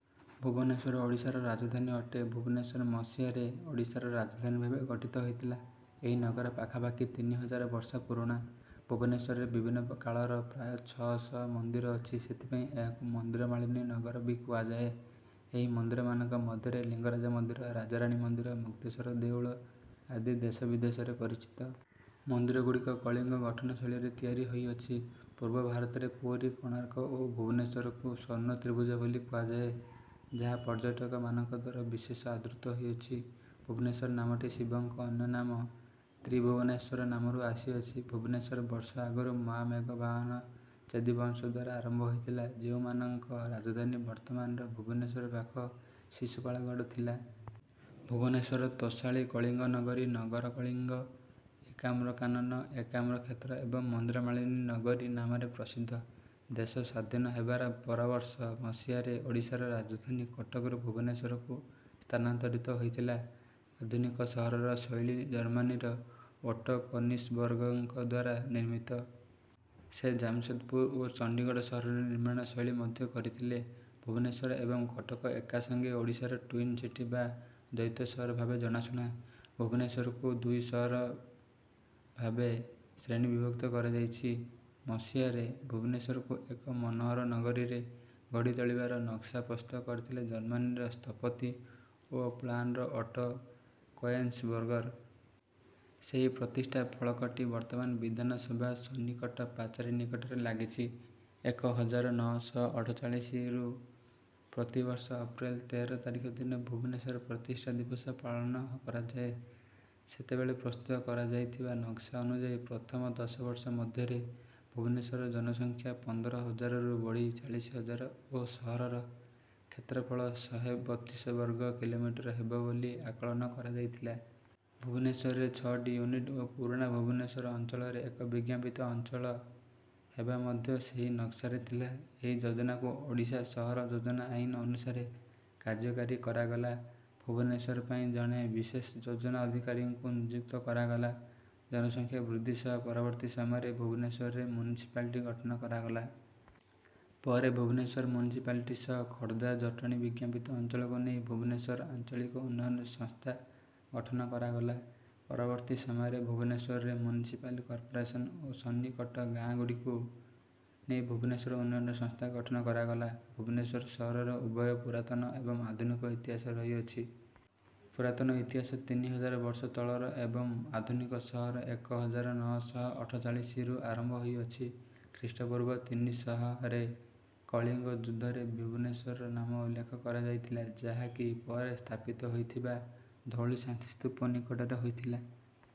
ଭୁବନେଶ୍ୱର ଓଡ଼ିଶାର ରାଜଧାନୀ ଅଟେ। ଭୁବନେଶ୍ୱର ମସିହାରେ ଓଡ଼ିଶାର ରାଜଧାନୀ ଭାବେ ଗଠିତ ହୋଇଥିଲା। ଏହି ନଗର ପାଖାପାଖି ତିନିହଜାର ବର୍ଷ ପୁରୁଣା। ଭୁବନେଶ୍ୱରରେ ବିଭିନ୍ନ କାଳର ପ୍ରାୟ ଛଅ ଶହ ମନ୍ଦିର ଅଛି ସେଥିପାଇଁ ଏହାକୁ ମନ୍ଦିର ମାଳିନୀ ନଗର ବି କୁହାଯାଏ। ଏହି ମନ୍ଦିରମାନଙ୍କ ମଧ୍ୟରେ ଲିଙ୍ଗରାଜ ମନ୍ଦିର, ରାଜାରାଣୀ ମନ୍ଦିର, ମୁକ୍ତେଶ୍ୱର ଦେଉଳ ଆଦି ଦେଶ ବିଦେଶରେ ପରିଚିତ। ମନ୍ଦିରଗୁଡିକ କଳିଙ୍ଗ ଗଠନଶୈଳୀରେ ତିଆରି ହୋଇଅଛି। ପୂର୍ବ ଭାରତରେ ପୁରୀ, କୋଣାର୍କ ଓ ଭୁବନେଶ୍ୱରକୁ ସ୍ୱର୍ଣ୍ଣ ତ୍ରିଭୁଜ ବୋଲି କୁହାଯାଏ, ଯାହା ପର୍ଯ୍ୟଟକମାନଙ୍କଦ୍ୱାରା ବିଶେଷ ଆଦୃତ ହୋଇଅଛି। ଭୁବନେଶ୍ୱର ନାମଟି ଶିବଙ୍କ ଅନ୍ୟନାମ ତ୍ରିଭୁବନେଶ୍ୱର ନାମରୁ ଆସିଅଛି। ଭୁବନେଶ୍ୱର ବର୍ଷ ଆଗରୁ ମହାମେଘ ବାହନ ଚେଦି ବଂଶଦ୍ୱାରା ଆରମ୍ଭ ହୋଇଥିଲା ଯେଉଁମାନଙ୍କ ରାଜଧାନୀ ବର୍ତ୍ତମାନର ଭୁବନେଶ୍ୱର ପାଖ ଶିଶୁପାଳଗଡ଼ରେ ଥିଲା। ଭୁବନେଶ୍ୱର ତୋଷାଳୀ, କଳିଙ୍ଗ ନଗରୀ, ନଗର କଳିଙ୍ଗ, ଏକାମ୍ର କାନନ, ଏକାମ୍ର କ୍ଷେତ୍ର ଏବଂ ମନ୍ଦିର ମାଳିନୀ ନଗରୀ ନାମରେ ପ୍ରସିଦ୍ଧ। ଦେଶ ସ୍ୱାଧୀନ ହେବାର ପରବର୍ଷ, ମସିହାରେ ଓଡ଼ିଶାର ରାଜଧାନୀ କଟକରୁ ଭୁବନେଶ୍ୱରକୁ ସ୍ଥାନାନ୍ତରିତ ହୋଇଥିଲା। ଆଧୁନିକ ସହରର ଶୈଳୀ ଜର୍ମାନୀର ଓଟୋ କୋନିସବର୍ଗରଙ୍କଦ୍ୱାରା ନିର୍ମିତ। ସେ ଜାମସେଦପୁର ଓ ଚଣ୍ଡୀଗଡ଼ ସହରର ନିର୍ମାଣ ଶୈଳୀ ମଧ୍ୟ କରିଥିଲେ। ଭୁବନେଶ୍ୱର ଏବଂ କଟକ ଏକାସାଙ୍ଗେ ଓଡ଼ିଶାର ଟ୍ୱିନ ସିଟି ବା ଦୈତ ସହର ଭାବେ ଜଣାଶୁଣା। ଭୁବନେଶ୍ୱରକୁ ଦୁଇ ସହର ଭାବେ ଶ୍ରେଣୀବିଭକ୍ତ କରାଯାଇଛି। ମସିହାରେ, ଭୁବନେଶ୍ୱରକୁ ଏକ ମନହୋର ନଗରୀରେ ଗଢି ତୋଳିବାର ନକ୍ସା ପ୍ରସ୍ତୁତ କରିଥିଲେ ଜର୍ମାନୀର ସ୍ଥପତି ଓ ପ୍ଲାନର ଅଟୋ କଏନ୍ସବର୍ଗର। ସେହି ପ୍ରତିଷ୍ଠା ଫଳକଟି ବର୍ତ୍ତମାନ ବିଧାନ ସଭା ସନ୍ନିକଟ ପାଚେରୀ ନିକଟରେ ଲାଗିଛି। ଏକ ହଜାର ନଅ ଶହ ଅଠଚାଳିଶି ରୁ ପ୍ରତିବର୍ଷ ଅପ୍ରେଲ ତେର ତାରିଖ ଦିନ, ଭୁବନେଶ୍ୱର ପ୍ରତିଷ୍ଠା ଦିବସ ଭାବରେ ପାଳନ କରାଯାଏ। ସେତେବେଳେ ପ୍ରସ୍ତୁତ କରାଯାଇଥିବା ନକ୍ସା ଅନୁଯାୟୀ, ପ୍ରଥମ ଦଶ ବର୍ଷ ମଧ୍ୟରେ ଭୁବନେଶ୍ୱର ଜନସଂଖ୍ୟା ପନ୍ଦର ହଜାରରୁ ବଢି ଚାଳିଶ ହଜାର ଓ ସହରର କ୍ଷେତ୍ରଫଳ ଶହେ ବତିଶ ବର୍ଗ କିଲୋମିଟର ହେବ ବୋଲି ଆକଳନ କରାଯାଇଥିଲା। ଭୁବନେଶ୍ୱରରେ ଛଅଟି ୟୁନିଟ ଓ ପୁରୁଣା ଭୁବନେଶ୍ୱର ଅଞ୍ଚଳରେ ଏକ ବିଜ୍ଞାପିତ ଅଞ୍ଚଳ ହେବା ମଧ୍ୟ ସେହି ନକ୍ସାରେ ଥିଲା। ଏହି ଯୋଜନାକୁ ଓଡ଼ିଶା ସହର ଯୋଜନା ଆଇନ ଅନୁସାରେ କାର୍ଯ୍ୟକାରି କରାଗଲା। ଭୁବନେଶ୍ୱର ପାଇଁ ଜଣେ ବିଶେଷ ଯୋଜନା ଅଧିକାରୀଙ୍କୁ ନିଯୁକ୍ତ କରାଗଲା। ଜନସଂଖ୍ୟା ବୃଦ୍ଧି ସହ ପରବର୍ତ୍ତୀ ସମୟରେ, ଭୁବନେଶ୍ୱରରେ ମୁନିସିପାଲିଟି ଗଠନ କରାଗଲା। ପରେ ଭୁବନେଶ୍ୱର ମୁନିସିପାଲିଟି ସହ ଖୋର୍ଦ୍ଦା, ଜଟଣୀ ବିଜ୍ଞାପିତ ଅଞ୍ଚଳକୁ ନେଇ "ଭୁବନେଶ୍ୱର ଆଞ୍ଚଳିକ ଉନ୍ନୟନ ସଂସ୍ଥା" ଗଠନ କରାଗଲା। ପରବର୍ତ୍ତୀ ସମୟରେ, ଭୁବନେଶ୍ୱରରେ ମୁନିସିପାଲ କର୍ପୋରେସନ ଓ ସନ୍ନିକଟ ଗାଁଗୁଡିକୁ ନେଇ ଭୁବନେଶ୍ୱର ଉନ୍ନୟନ ସଂସ୍ଥା ଗଠନ କରାଗଲା। ଭୁବନେଶ୍ୱର ସହରର ଉଭୟ ପୁରାତନ ଏବଂ ଆଧୁନିକ ଇତିହାସ ରହିଅଛି। ପୁରାତନ ଇତିହାସ ତିନି ହଜାର ବର୍ଷ ତଳର ଏବଂ ଆଧୁନିକ ସହର ଏକ ହଜାର ନଅ ଶହ ଅଠଚାଳିଶି ରୁ ଆରମ୍ଭ ହୋଇ ଅଛି। ଖ୍ରୀଷ୍ଟପୂର୍ବ ତିନି ଶହ ରେ କଳିଙ୍ଗ ଯୁଦ୍ଧରେ ଭୁବନେଶ୍ୱରର ନାମ ଉଲ୍ଲେଖ କରାଯାଇଥିଲା ଯାହାକି ପରେ ସ୍ଥାପିତ ହୋଇଥିବା ଧଉଳି ଶାନ୍ତିସ୍ତୁପ ନିକଟରେ ହୋଇଥିଲା।